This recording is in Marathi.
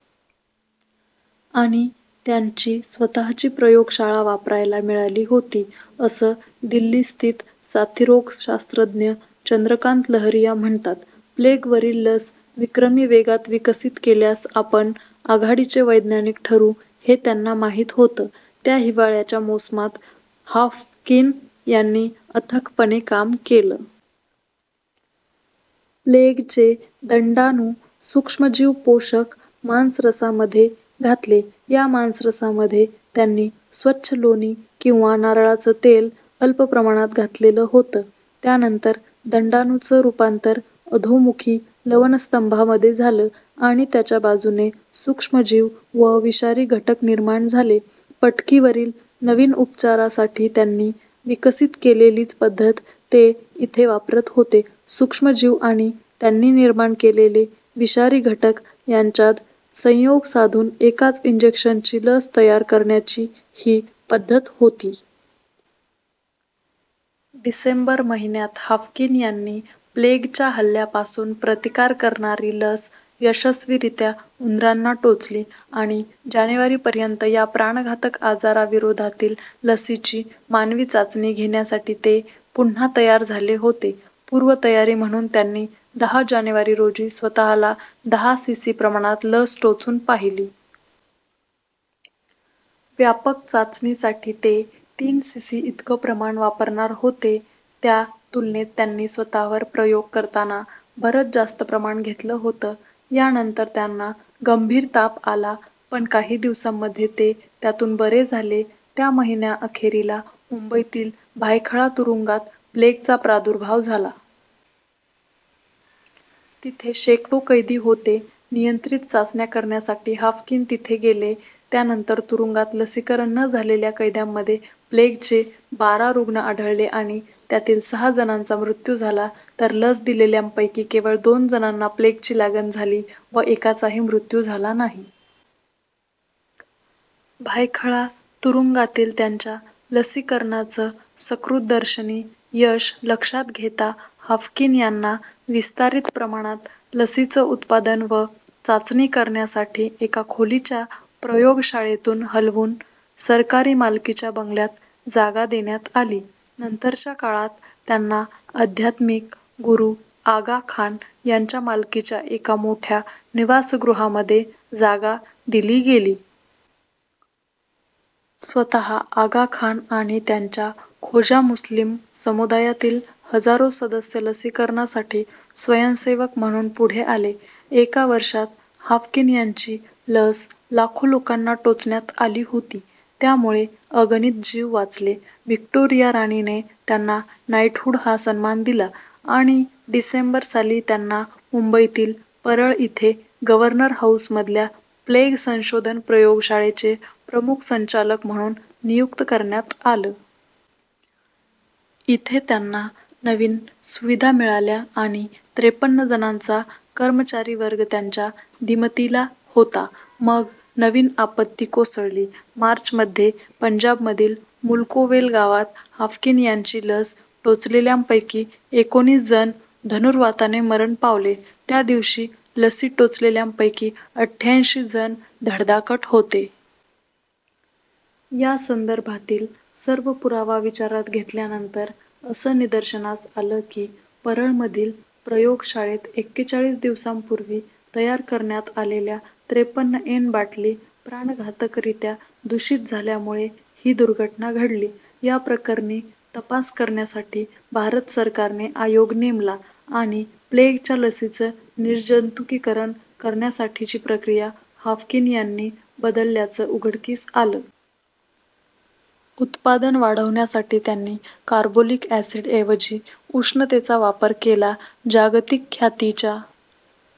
आणि त्यांची स्वतःची प्रयोगशाळा वापरायला मिळाली होती, असं दिल्लीस्थित साथरोगशास्त्रज्ञ चंद्रकांत लहरिया म्हणतात. प्लेगवरील लस विक्रमी वेगात विकसित केल्यास आपण आघाडीचे वैज्ञानिक ठरू, हे त्यांना माहीत होतं. त्या हिवाळ्याच्या मोसमात हाफकिन यांनी अथकपणे काम केलं. प्लेगचे दंडाणू सूक्ष्मजीवपोषक मांसरसामध्ये घातले, या मांसरसामध्ये त्यांनी स्वच्छ लोणी किंवा नारळाचं तेल अल्प प्रमाणात घातलेलं होतं, त्यानंतर दंडाणुचं रूपांतर अधोमुखी लवणस्तंभामध्ये झालं, आणि त्याच्या बाजूने सूक्ष्मजीव व विषारी घटक निर्माण झाले. पटकीवरील नवीन उपचारासाठी त्यांनी विकसित केलेलीच पद्धत ते इथे वापरत होते सूक्ष्मजीव आणि त्यांनी निर्माण केलेले विषारी घटक यांच्यात संयोग साधून एकाच इंजेक्शनची लस तयार करण्याची ही पद्धत होती. डिसेंबर महिन्यात हाफकिन यांनी प्लेगच्या हल्ल्यापासून प्रतिकार करणारी लस यशस्वीरित्या उंदरांना टोचली आणि जानेवारी पर्यंत या प्राणघातक आजाराविरोधातील लसीची मानवी चाचणी घेण्यासाठी ते पुन्हा तयार झाले होते. पूर्वतयारी म्हणून त्यांनी दहा जानेवारी रोजी स्वतःला दहा सीसी प्रमाणात लस टोचून पाहिली. व्यापक चाचणीसाठी ते तीन सीसी इतकं प्रमाण वापरणार होते, त्या तुलनेत त्यांनी स्वतःवर प्रयोग करताना बरंच जास्त प्रमाण घेतलं होतं. यानंतर त्यांना गंभीर ताप आला, पण काही दिवसांमध्ये ते त्यातून बरे झाले. त्या महिन्याअखेरीला मुंबईतील भायखळा तुरुंगात प्लेगचा प्रादुर्भाव झाला. तिथे शेकडो कैदी होते. नियंत्रित चाचण्या करण्यासाठी हाफकिन तिथे गेले. त्यानंतर तुरुंगात लसीकरण न झालेल्या कैद्यांमध्ये प्लेगचे बारा रुग्ण आढळले आणि त्यातील सहा जणांचा मृत्यू झाला, तर लस दिलेल्यांपैकी केवळ दोन जणांना प्लेगची लागण झाली, व एकाचाही मृत्यू झाला नाही. भायखळा तुरुंगातील त्यांच्या लसीकरणाचं सकृत्दर्शनी यश लक्षात घेता हाफकिन यांना विस्तारीत प्रमाणात लसीचं उत्पादन व चाचणी करण्यासाठी एका खोलीच्या प्रयोगशाळेतून हलवून सरकारी मालकीच्या बंगल्यात जागा देण्यात आली. नंतरच्या काळात त्यांना अध्यात्मिक गुरू आगा खान यांच्या मालकीच्या एका मोठ्या निवासगृहामध्ये जागा दिली गेली. स्वतः आगा खान आणि त्यांच्या खोजा मुस्लीम समुदायातील हजारो सदस्य लसीकरणासाठी स्वयंसेवक म्हणून पुढे आले. एका वर्षात हाफकिन यांची लस लाखो लोकांना टोचण्यात आली होती, त्यामुळे अगणित जीव वाचले. व्हिक्टोरिया राणीने त्यांना नाइटहूड हा सन्मान दिला आणि डिसेंबर साली त्यांना मुंबईतील परळ इथे गव्हर्नर हाऊसमधल्या प्लेग संशोधन प्रयोगशाळेचे प्रमुख संचालक म्हणून नियुक्त करण्यात आलं. इथे त्यांना नवीन सुविधा मिळाल्या आणि त्रेपन्न जणांचा कर्मचारीवर्ग त्यांच्या दिमतीला होता. मग नवीन आपत्ती कोसळली. मार्च मध्ये पंजाबमधील मुल्कोवेल गावात हाफकिन यांची लस टोचलेल्यांपैकी एकोणीस जण धनुर्वाताने मरण पावले. त्या दिवशी लसी टोचलेल्यांपैकी अठ्ठ्याऐंशी जण धडधाकट होते. या संदर्भातील सर्व पुरावा विचारात घेतल्यानंतर असं निदर्शनास आलं की, परळमधील प्रयोगशाळेत एक्केचाळीस दिवसांपूर्वी तयार करण्यात आलेल्या त्रेपन्न एन बाटली प्राणघातकरित्या दूषित झाल्यामुळे ही दुर्घटना घडली. या प्रकरणी तपास करण्यासाठी भारत सरकारने आयोग नेमला, आणि प्लेगच्या लसीचं निर्जंतुकीकरण करण्यासाठीची प्रक्रिया हाफकिन यांनी बदलल्याचं उघडकीस आलं. उत्पादन वाढवण्यासाठी त्यांनी कार्बोलिक ॲसिडऐवजी उष्णतेचा वापर केला. जागतिक ख्यातीच्या